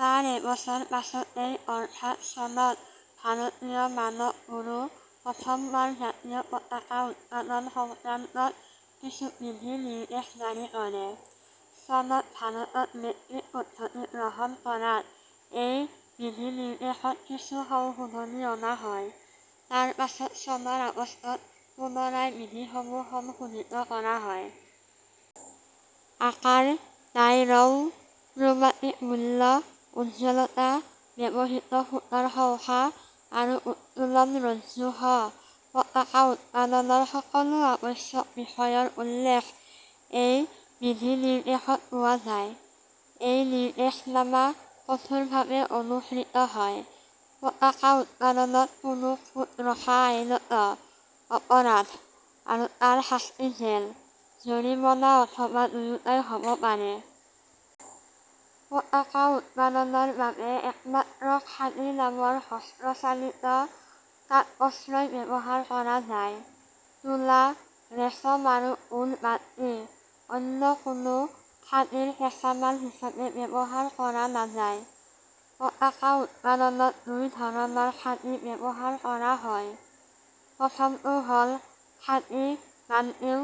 তাৰ এবছৰ পাছতেই, অৰ্থাৎ চনত, ভাৰতীয় মানক ব্যুৰো প্ৰথম বাৰ জাতীয় পতাকা উৎপাদন সংক্ৰান্তত কিছু বিধি নিৰ্দেশ জাৰি কৰে। চনত ভাৰতত মেট্ৰিক পদ্ধতি গ্ৰহণ কৰাত এই বিধিনিৰ্দেশত কিছু সংশোধনী অনা হয়। তাৰপাছত চনৰ আগষ্টত পুনৰায় বিধিসমূহ সংশোধিত কৰা হয়। আকাৰ, ডাই ৰং, ক্ৰোমাটিক মূল্য, উজ্জ্বলতা, ব্যৱহৃত সূতাৰ সংখ্যা আৰু উত্তোলনৰজ্জু সহ পতাকা উৎপাদনৰ সকলো আৱশ্যক বিষয়ৰ উল্লেখ এই বিধিনিৰ্দেশত পোৱা যায়। এই নিৰ্দেশনামা কঠোৰভাবে অনুসৃত হয়। পতাকা উৎপাদনত কোনো খুঁত ৰখা আইনত: অপৰাধ; আৰু তাৰ শাস্তি জেল, জৰিমনা অথবা দুয়োটাই হ'ব পাৰে।। পতাকা উৎপাদনৰ বাবে একমাত্ৰ খাদী নামৰ হস্তচালিত তাঁতবস্ত্ৰই ব্যবহাৰ কৰা যায়। তুলা, ৰেচম আৰু উল বাদ দি অন্য কোনো খাদীৰ কেঁচামাল হিচাবে ব্যবহাৰ কৰা নাযায়। পতাকা উৎপাদনত দুই ধৰণৰ খাদী ব্যবহাৰ কৰা হয়; প্ৰথমটো হ'ল খাদী-বাণ্টিং,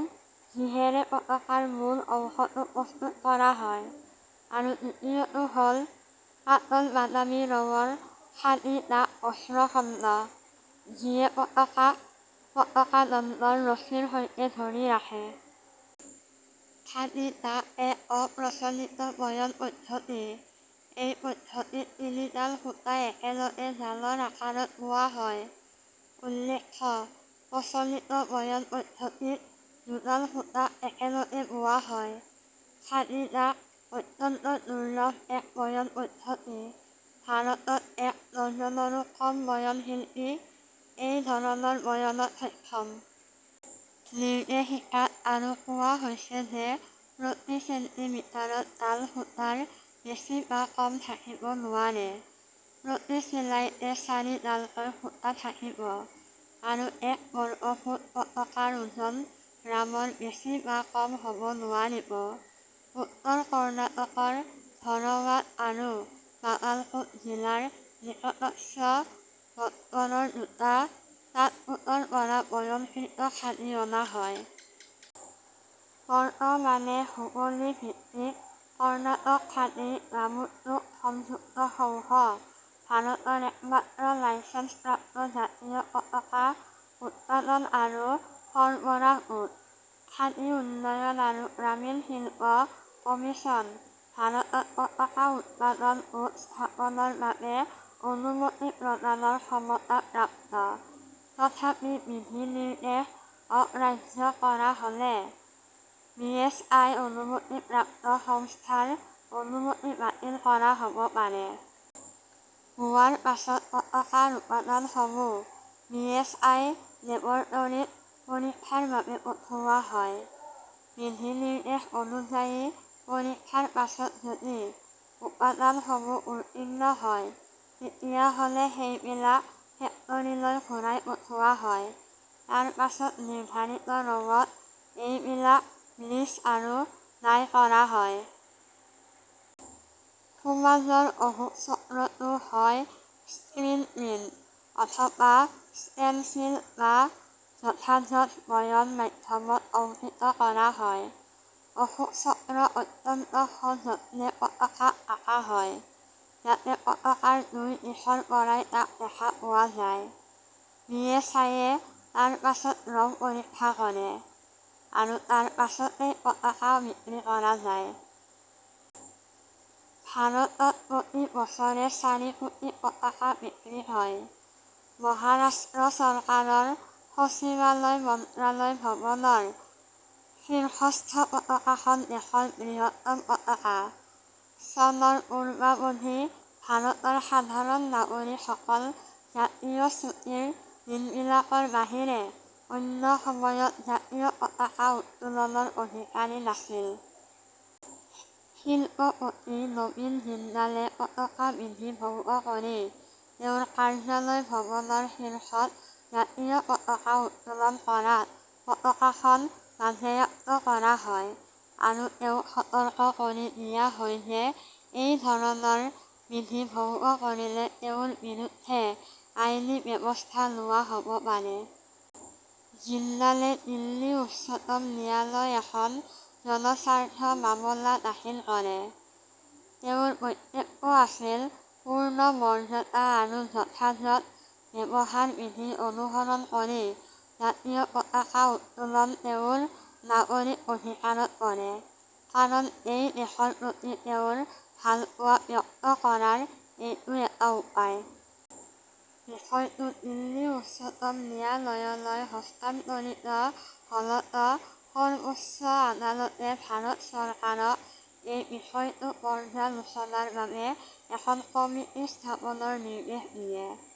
যিহেৰে পতাকাৰ মূল অংশটো প্ৰস্তুত কৰা হয় আৰু দ্বিতীয়টো হ'ল পাতল বাদামী ৰঙৰ খাদী-ডাক বস্ত্ৰখণ্ড, যিয়ে পতাকাক পতাকাদণ্ডৰ ৰছীৰ সৈতে ধৰি ৰাখে। খাদী-ডাক এক অপ্ৰচলিত বয়নপদ্ধতি। এই পদ্ধতিত তিনিডাল সূতা একেলগে জালৰ আকাৰত বোৱা হয়। উল্লেখ্য, প্ৰচলিত বয়নপদ্ধতিত দুডাল সূতাক একেলগে বোৱা হয়। খাদী-ডাক অত্যন্ত দুৰ্লভ এক বয়নপদ্ধতি। ভাৰতত এক ডজনৰো কম বয়নশিল্পী এই ধৰণৰ বয়নত সক্ষম। নিৰ্দেশিকাত আৰু কোৱা হৈছে যে, প্ৰতি চেণ্টিমিটাৰত ডাল সূতাৰ বেছি বা কম থাকিব নোৱাৰে, প্ৰতি চিলাইতে চাৰিডালকৈ সূতা থাকিব আৰু এক বৰ্গফুট পতাকাৰ ওজন গ্ৰামৰ বেছি বা কম হব নোৱাৰিব। উত্তৰ কৰ্ণাটক ৰ ধৰৱাদ আৰু বাগালকোট জিলাৰ নিকটস্থ গদগৰৰ দুটা তাঁত গোটৰ পৰা বয়নকৃত খাদী অনা হয়। বৰ্তমানে হুবলি -ভিত্তিক কৰ্ণাটক খাদী গ্ৰামোদ্যোগ সংযুক্ত সংঘ ভাৰতৰ একমাত্ৰ লাইচেঞ্চ-প্ৰাপ্ত জাতীয় পতাকা উৎপাদন আৰু সৰবৰাহ গোট। খাদী উন্নয়ন আৰু গ্ৰামীণ শিল্প কমিশ্যন ভাৰতত পতাকা উৎপাদন গোট স্থাপনৰ বাবে অনুমতি প্ৰদানৰ ক্ষমতাপ্ৰাপ্ত। তথাপি বিধিনিৰ্দেশ অগ্ৰাহ্য কৰা হলে বিএচআই অনুমতিপ্ৰাপ্ত সংস্থাৰ অনুমতি বাতিল কৰা হ'ব পাৰে। বোৱাৰ পাছত পতাকাৰ উপাদানসমূহ বিএচআই লেবৰেটৰীত পৰীক্ষাৰ বাবে পঠোৱা হয়। বিধিনিৰ্দেশ অনুযায়ী পৰীক্ষাৰ পাছত যদি উপাদানসমূহ উত্তীৰ্ণ হয়, তেতিয়াহ'লে সেইবিলাক ফেক্টৰীলৈ ঘূৰাই পঠোৱা হয়। তাৰপাছত নিৰ্ধাৰিত ৰঙত এইবিলাক ব্লিচ আৰু ডাই কৰা হয়। সোঁমাজৰ অশোক চক্ৰ টো হয় স্ক্ৰিন প্ৰিণ্ট, অথবা ষ্টেনচিল বা যথাযথ বয়ন মাধ্যমত অংকিত কৰা হয়। অশোক চক্ৰ অত্যন্ত সযত্নে পতাকাত আঁকা হয়, যাতে পতাকাৰ দুই দিশৰ পৰাই তাক দেখা পোৱা যায়। বিএচআইয়ে তাৰপাছত ৰং পৰীক্ষা কৰে; আৰু তাৰপাছতেই পতাকা বিক্ৰী কৰা যায়। ভাৰতত প্ৰতি বছৰে চাৰি কোটি পতাকা বিক্ৰী হয়। মহাৰাষ্ট্ৰ চৰকাৰৰ সচিবালয় মন্ত্ৰালয় ভৱনৰ শীৰ্ষস্থ পতাকাখন দেশৰ বৃহত্তম পতাকা। চনৰ পূৰ্বাবধি ভাৰতৰ সাধাৰণ নাগৰিকসকল জাতীয় ছুটিৰ দিনবিলাকৰ বাহিৰে অন্য সময়ত জাতীয় পতাকা উত্তোলনৰ অধিকাৰী নাছিল। শিল্পপতি নবীন জিন্দালে পতাকাবিধি ভঙ্গ কৰি তেওঁৰ কাৰ্য্যালয় ভৱনৰ শীৰ্ষত জাতীয় পতাকা উত্তোলন কৰাত পতাকাখন বাজেয়াপ্ত কৰা হয় আৰু তেওঁক সতৰ্ক কৰি দিয়া হয় যে এই ধৰণৰ বিধি ভঙ্গ কৰিলে তেওঁৰ বিৰুদ্ধে আইনী ব্যবস্থা লোৱা হ'ব পাৰে। জিন্দালে দিল্লী উচ্চতম ন্যায়ালয় এখন জনস্বাৰ্থ মামলা দাখিল কৰে। তেওঁৰ বক্তব্য আছিল, পূৰ্ণ মৰ্যাদা আৰু যথাযথ ব্যবহাৰবিধি অনুসৰণ কৰি জাতীয় পতাকা উত্তোলন তেওঁৰ নাগৰিক অধিকাৰত পৰে; কাৰণ এই দেশৰ প্ৰতি তেওঁৰ ভালপোৱা ব্যক্ত কৰাৰ এইটো এটা উপায়। বিষয়টো দিল্লী উচ্চতম ন্যায়ালয় লৈ হস্তান্তৰিত হ'লত সৰ্বোচ্চ আদালতে ভাৰত চৰকাৰক এই বিষয়টো পৰ্যালোচনাৰ বাবে এখন কমিটি স্থাপনৰ নিৰ্দেশ দিয়ে।